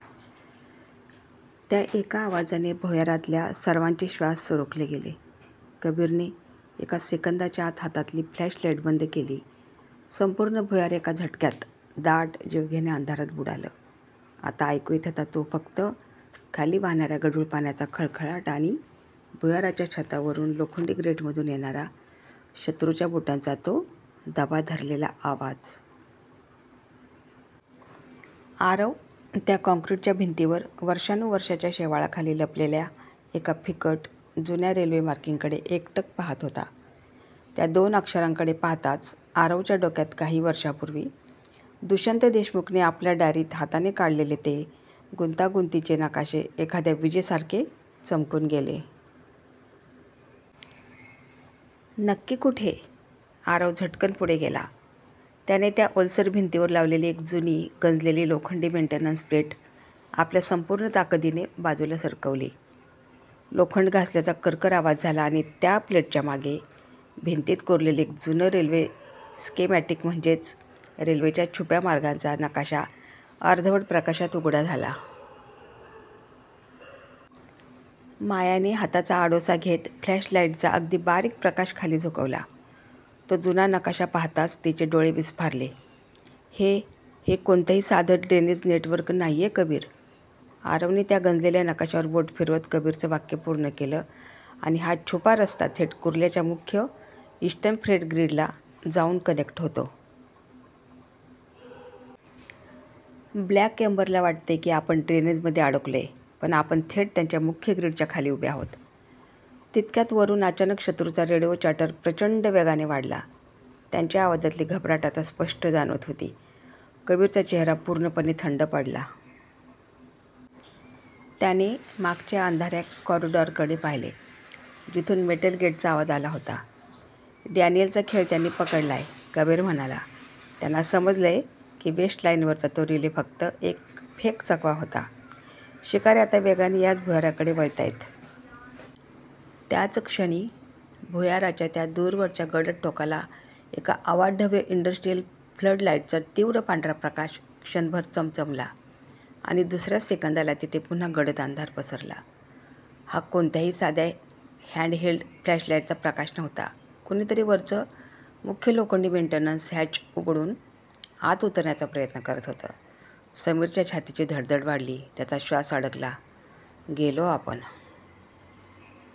त्या एका आवाजाने भुयारातल्या सर्वांचे श्वास रोखले गेले. कबीरने एका सेकंदाच्या आत हातातली फ्लॅशलाईट बंद केली. संपूर्ण भुयार एका झटक्यात दाट, जीवघेण्या अंधारात बुडालं. आता ऐकू येत होता तो फक्त खाली वाहणाऱ्या गढूळ पाण्याचा खळखळाट आणि भुयाराच्या छतावरून, लोखंडी ग्रेटमधून येणारा शत्रूच्या बुटांचा तो दबा धरलेला आवाज. आरव त्या काँक्रीटच्या भिंतीवर वर्षांनुवर्षांच्या शेवाळाखाली लपलेल्या एका फिकट, जुन्या रेल्वे मार्किंगकडे एकटक पाहत होता. त्या दोन अक्षरांकडे पाहताच आरवच्या डोक्यात काही वर्षांपूर्वी दुष्यंत देशमुखने आपल्या डायरीत हाताने काढलेले ते गुंतागुंतीचे नकाशे एखाद्या विजेसारखे चमकून गेले. नक्की कुठे?" आरव झटकन पुढे गेला. त्याने त्या ओलसर भिंतीवर लावलेली एक जुनी, गंजलेली लोखंडी मेंटेनन्स प्लेट आपल्या संपूर्ण ताकदीने बाजूला सरकवली. लोखंड घासल्याचा करकर आवाज झाला आणि त्या प्लेटच्या मागे भिंतीत कोरलेलं एक जुनं रेल्वे स्केमॅटिक म्हणजेच रेल्वेच्या छुप्या मार्गांचा नकाशा अर्धवट प्रकाशात उघडा झाला. मायाने हाताचा आडोसा घेत फ्लॅशलाईटचा अगदी बारीक प्रकाश खाली झुकवला. तो जुना नकाशा पाहताच तिचे डोळे विस्फारले, "हे हे कोणतंही साधे ड्रेनेज नेटवर्क नाहीये कबीर" आरवने त्या गंजलेल्या नकाशावर बोट फिरवत कबीरचं वाक्य पूर्ण केलं, आणि हा छुपा रस्ता थेट कुर्ल्याच्या मुख्य 'ईस्टर्न फ्रेट ग्रिड'ला जाऊन कनेक्ट होतो. ब्लॅक एम्बरला वाटतंय की आपण ड्रेनेजमध्ये अडकलोय, पण आपण थेट त्यांच्या मुख्य ग्रिडच्या खाली उभे आहोत. तितक्यात वरून अचानक शत्रूचा रेडिओ चॅटर प्रचंड वेगाने वाढला. त्यांच्या आवाजातली घबराट आता स्पष्ट जाणवत होती. कबीरचा चेहरा पूर्णपणे थंड पडला. त्याने मागच्या अंधाऱ्या कॉरिडॉरकडे पाहिले, जिथून मेटल गेटचा आवाज आला होता. "डॅनियलचा खेळ त्यांनी पकडलाय," कबीर म्हणाला. "त्यांना समजलंय की वेस्ट लाईनवरचा तो रिले फक्त एक फेक चकवा होता. शिकारी आता वेगाने याच भुयाराकडे वळतायत." त्याच क्षणी भुयाराच्या त्या दूरवरच्या गडद टोकाला एका अवाढव्य इंडस्ट्रियल फ्लडलाईटचा तीव्र पांढरा प्रकाश क्षणभर चमचमला आणि दुसऱ्याच सेकंदाला तिथे पुन्हा गडद अंधार पसरला. हा कोणत्याही साध्या हँड-हेल्ड फ्लॅशलाईटचा प्रकाश नव्हता. कोणीतरी वरचं मुख्य लोखंडी मेन्टेनन्स हॅच उघडून आत उतरण्याचा प्रयत्न करत होतं. समीरच्या छातीची धडधड वाढली, त्याचा श्वास अडकला, गेलो आपण